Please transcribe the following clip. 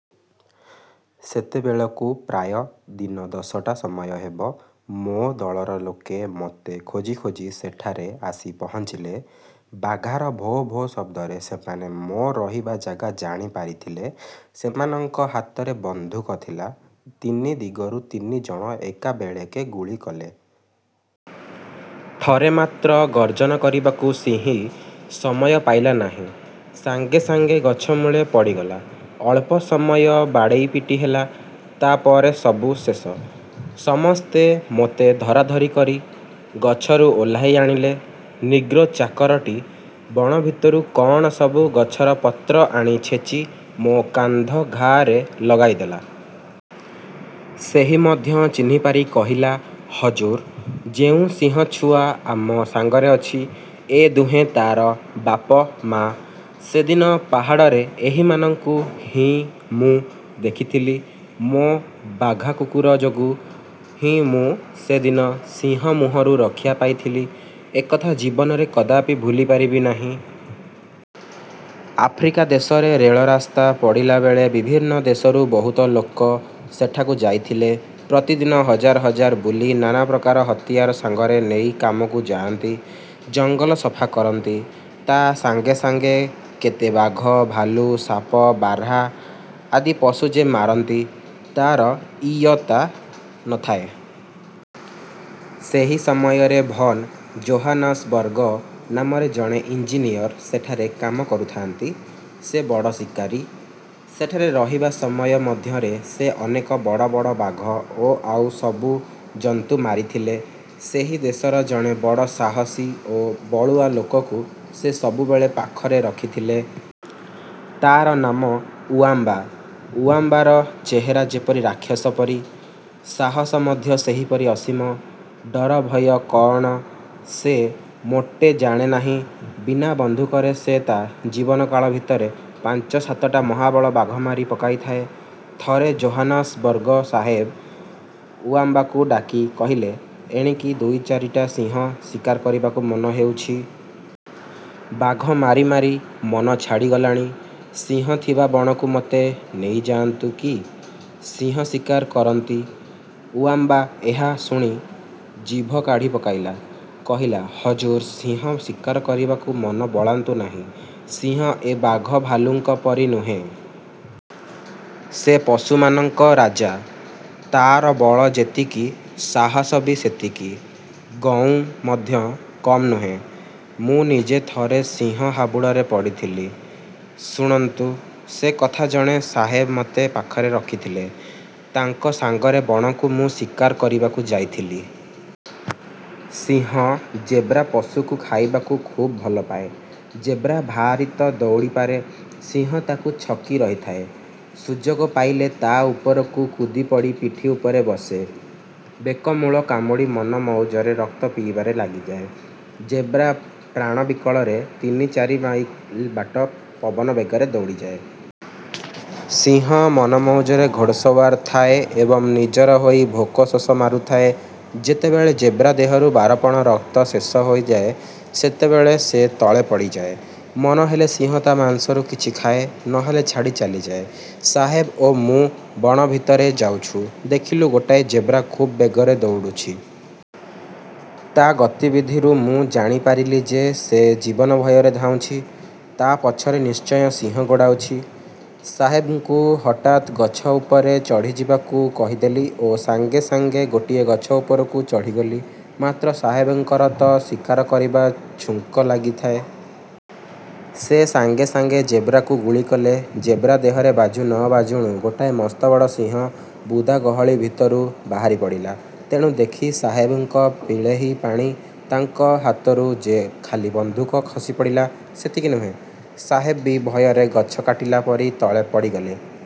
ସେତେବେଳକୁ ପ୍ରାୟ ଦିନ ଦଶଟା ସମୟ ହେବ। ମୋ ଦଳର ଲୋକେ ମୋତେ ଖୋଜି ଖୋଜି ସେଠାରେ ଆସି ପହଞ୍ଚିଲେ। ବାଘାର ଭୋ ଭୋ ଶବ୍ଦରେ ସେମାନେ ମୋ ରହିବା ଜାଗା ଜାଣିପାରିଥିଲେ। ସେମାନଙ୍କ ହାତରେ ବନ୍ଧୁକ ଥିଲା। ତିନି ଦିଗରୁ ତିନି ଜଣ ଏକାବେଳେକେ ଗୁଳି କଲେ। ଥରେ ମାତ୍ର ଗର୍ଜନ କରିବାକୁ ସିଂହୀ ସମୟ ପାଇଲା ନାହିଁ। ସାଙ୍ଗେ ସାଙ୍ଗେ ଗଛମୂଳେ ପଡ଼ିଗଲା। ଅଳ୍ପ ସମୟ ବାଡ଼େଇପିଟି ହେଲା, ତା'ପରେ ସବୁ ଶେଷ। ସମସ୍ତେ ମୋତେ ଧରାଧରି କରି। ଗଛରୁ ଓହ୍ଲାଇ ଆଣିଲେ। ନିଗ୍ରୋ ଚାକରଟି ବଣ ଭିତରୁ କଅଣ ସବୁ ଗଛର ପତ୍ର ଆଣି ଛେଚି ମୋ କାନ୍ଧ ଘାଆରେ ଲଗାଇଦେଲା। ସେହି ମଧ୍ୟ ଚିହ୍ନିପାରି କହିଲା, ''ହଜୁର, ଯେଉଁ ସିଂହଛୁଆ ଆମ ସାଙ୍ଗରେ ଅଛି, ଏ ଦୁହେଁ ତା'ର ବାପ ମା। ସେଦିନ ପାହାଡ଼ରେ ଏହିମାନଙ୍କୁ ହିଁ ମୁଁ ଦେଖିଥିଲି। '' ମୋ ବାଘା କୁକୁର ଯୋଗୁଁ ହିଁ ମୁଁ ସେ ଦିନ ସିଂହମୁହଁରୁ ରକ୍ଷା ପାଇଥିଲି-ଏକଥା ଜୀବନରେ କଦାପି ଭୁଲିପାରିବି ନାହିଁ। ଆଫ୍ରିକା ଦେଶରେ ରେଳ ରାସ୍ତା ପଡ଼ିଲାବେଳେ ବିଭିନ୍ନ ଦେଶରୁ ବହୁତ ଲୋକ ସେଠାକୁ ଯାଇଥିଲେ। ପ୍ରତିଦିନ ହଜାର ହଜାର କୁଲି ନାନାପ୍ରକାର ହତିଆର ସାଙ୍ଗରେ ନେଇ କାମକୁ ଯାଆନ୍ତି। ଜଙ୍ଗଲ ସଫା କରନ୍ତି। ତା' ସାଙ୍ଗେସାଙ୍ଗେ କେତେ ବାଘ, ଭାଲୁ, ସାପ, ବାର୍ହା ଆଦି ପଶୁ ଯେ ମାରନ୍ତି, ତା'ର ଇୟତ୍ତା ନ ଥାଏ। ସେହି ସମୟରେ ଭନ୍ ଜୋହାନସବର୍ଗ ନାମରେ ଜଣେ ଇଞ୍ଜିନିୟର ସେଠାରେ କାମ କରୁଥାନ୍ତି। ସେ ବଡ଼ ଶିକାରୀ। ସେଠାରେ ରହିବା ସମୟ ମଧ୍ୟରେ ସେ ଅନେକ ବଡ଼ ବଡ଼ ବାଘ ଓ ଆଉ ସବୁ ଜନ୍ତୁ ମାରିଥିଲେ। ସେହି ଦେଶର ଜଣେ ବଡ଼ ସାହସୀ ଓ ବଳୁଆ ଲୋକକୁ ସେ ସବୁବେଳେ ପାଖରେ ରଖିଥିଲେ। ତା'ର ନାମ ଉଆମ୍ବା। ଉଆମ୍ବାର ଚେହେରା ଯେପରି ରାକ୍ଷସ ପରି, ସାହସ ମଧ୍ୟ ସେହିପରି ଅସୀମ। ଡର ଭୟ କଅଣ, ସେ ମୋଟେ ଜାଣେ ନାହିଁ। ବିନା ବନ୍ଧୁକରେ ସେ ତା' ଜୀବନ କାଳ ଭିତରେ ପାଞ୍ଚ ସାତଟା ମହାବଳ ବାଘ ମାରି ପକାଇଥାଏ। ଥରେ ଜୋହାନସବର୍ଗ ସାହେବ ଉଆମ୍ବାକୁ ଡାକି କହିଲେ, "ଏଣିକି ଦୁଇ ଚାରିଟା ସିଂହ ଶିକାର କରିବାକୁ ମନ ହେଉଛି। ବାଘ ମାରି ମାରି ମନ ଛାଡ଼ିଗଲାଣି। ସିଂହ ଥିବା ବଣକୁ ମୋତେ ନେଇଯାଆନ୍ତୁ କି, ସିଂହ ଶିକାର କରନ୍ତି। ଉଆମ୍ବା ଏହା ଶୁଣି ଜିଭ କାଢ଼ି ପକାଇଲା। କହିଲା, "ହଜୁର ସିଂହ ଶିକାର କରିବାକୁ ମନ ବଳାନ୍ତୁ ନାହିଁ। ସିଂହ ଏ ବାଘ ଭାଲୁଙ୍କ ପରି ନୁହେଁ। ସେ ପଶୁମାନଙ୍କ ରାଜା; ତା'ର ବଳ ଯେତିକି, ସାହସ ବି ସେତିକି; ଗଉଁ ମଧ୍ୟ କମ୍ ନୁହେଁ। ମୁଁ ନିଜେ ଥରେ ସିଂହ ହାବୁଡ଼ରେ ପଡ଼ିଥିଲି-। ଶୁଣନ୍ତୁ ସେ କଥା ଜଣେ ସାହେବ ମୋତେ ପାଖରେ ରଖିଥିଲେ। ତାଙ୍କ ସାଙ୍ଗରେ ବଣକୁ ମୁଁ ଶିକାର କରିବାକୁ ଯାଇଥିଲି। ସିଂହ ଜେବ୍ରା ପଶୁକୁ ଖାଇବାକୁ ଖୁବ ଭଲପାଏ। ଜେବ୍ରା ଭାରି ତ ଦଉଡ଼ିପାରେ। ସିଂହ ତାକୁ ଛକି ରହିଥାଏ। ସୁଯୋଗ ପାଇଲେ ତା' ଉପରକୁ କୁଦିପଡ଼ି ପିଠି ଉପରେ ବସେ। ବେକମୂଳ କାମୁଡ଼ି ମନମଉଜରେ ରକ୍ତ ପିଇବାରେ ଲାଗିଯାଏ। ଜେବ୍ରା ପ୍ରାଣବିକଳରେ ତିନି ଚାରି ମାଇଲ ବାଟ ପବନ ବେଗରେ ଦଉଡ଼ିଯାଏ। ସିଂହ ମନମଉଜରେ 'ଘୋଡସୱ। ର' ଥାଏ ଏବଂ ନିଜର ହୋଇ ଭୋକ ଶୋଷ ମାରୁଥାଏ। ଯେତେବେଳେ ଜେବ୍ରା ଦେହରୁ ବାରପଣ ରକ୍ତ ଶେଷ ହୋଇଯାଏ; ସେତେବେଳେ ସେ ତଳେ ପଡ଼ିଯାଏ। ମନ ହେଲେ ସିଂହ ତା' ମାଂସରୁ କିଛି ଖାଏ, ନହେଲେ ଛାଡ଼ି ଚାଲିଯାଏ। ସାହେବ ଓ ମୁଁ ବଣ ଭିତରେ ଯାଉଛୁ, ଦେଖିଲୁ ଗୋଟାଏ ଜେବ୍ରା ଖୁବ୍ ବେଗରେ ଦଉଡ଼ୁଛି। ତା' ଗତିବିଧିରୁ ମୁଁ ଜାଣିପାରିଲି ଯେ, ସେ ଜୀବନ ଭୟରେ ଧାଉଁଛି। ତା' ପଛରେ ନିଶ୍ଚୟ ସିଂହ ଗୋଡ଼ାଇଛି। ସାହେବଙ୍କୁ ହଠାତ୍ ଗଛ ଉପରେ ଚଢ଼ିଯିବାକୁ କହିଦେଲି ଓ ମୁଁ ସାଙ୍ଗେ ସାଙ୍ଗେ ଗୋଟିଏ ଗଛ ଉପରକୁ ଚଢ଼ିଗଲି। ମାତ୍ର ସାହେବଙ୍କର ତ ଶିକାର କରିବା ଝୁଙ୍କ ଲାଗିଥାଏ-। ସେ ସାଙ୍ଗେ ସାଙ୍ଗେ ଜେବ୍ରାକୁ ଗୁଳି କଲେ। ଜେବ୍ରା ଦେହରେ ବାଜୁ ନ ବାଜୁଣୁ ଗୋଟାଏ ମସ୍ତବଡ଼ ସିଂହ ବୁଦା ଗହଳି ଭିତରୁ ବାହାରିପଡ଼ିଲା। ତାକୁ ଦେଖି ସାହେବଙ୍କ ପିଳେହି ପାଣି-। ତାଙ୍କ ହାତରୁ ଯେ ଖାଲି ବନ୍ଧୁକ ଖସିପଡ଼ିଲା, ସେତିକି ନୁହେଁ; ସାହେବ ବି ଭୟରେ ଗଛ କାଟିଲା ପରି ତଳେ ପଡ଼ିଗଲେ।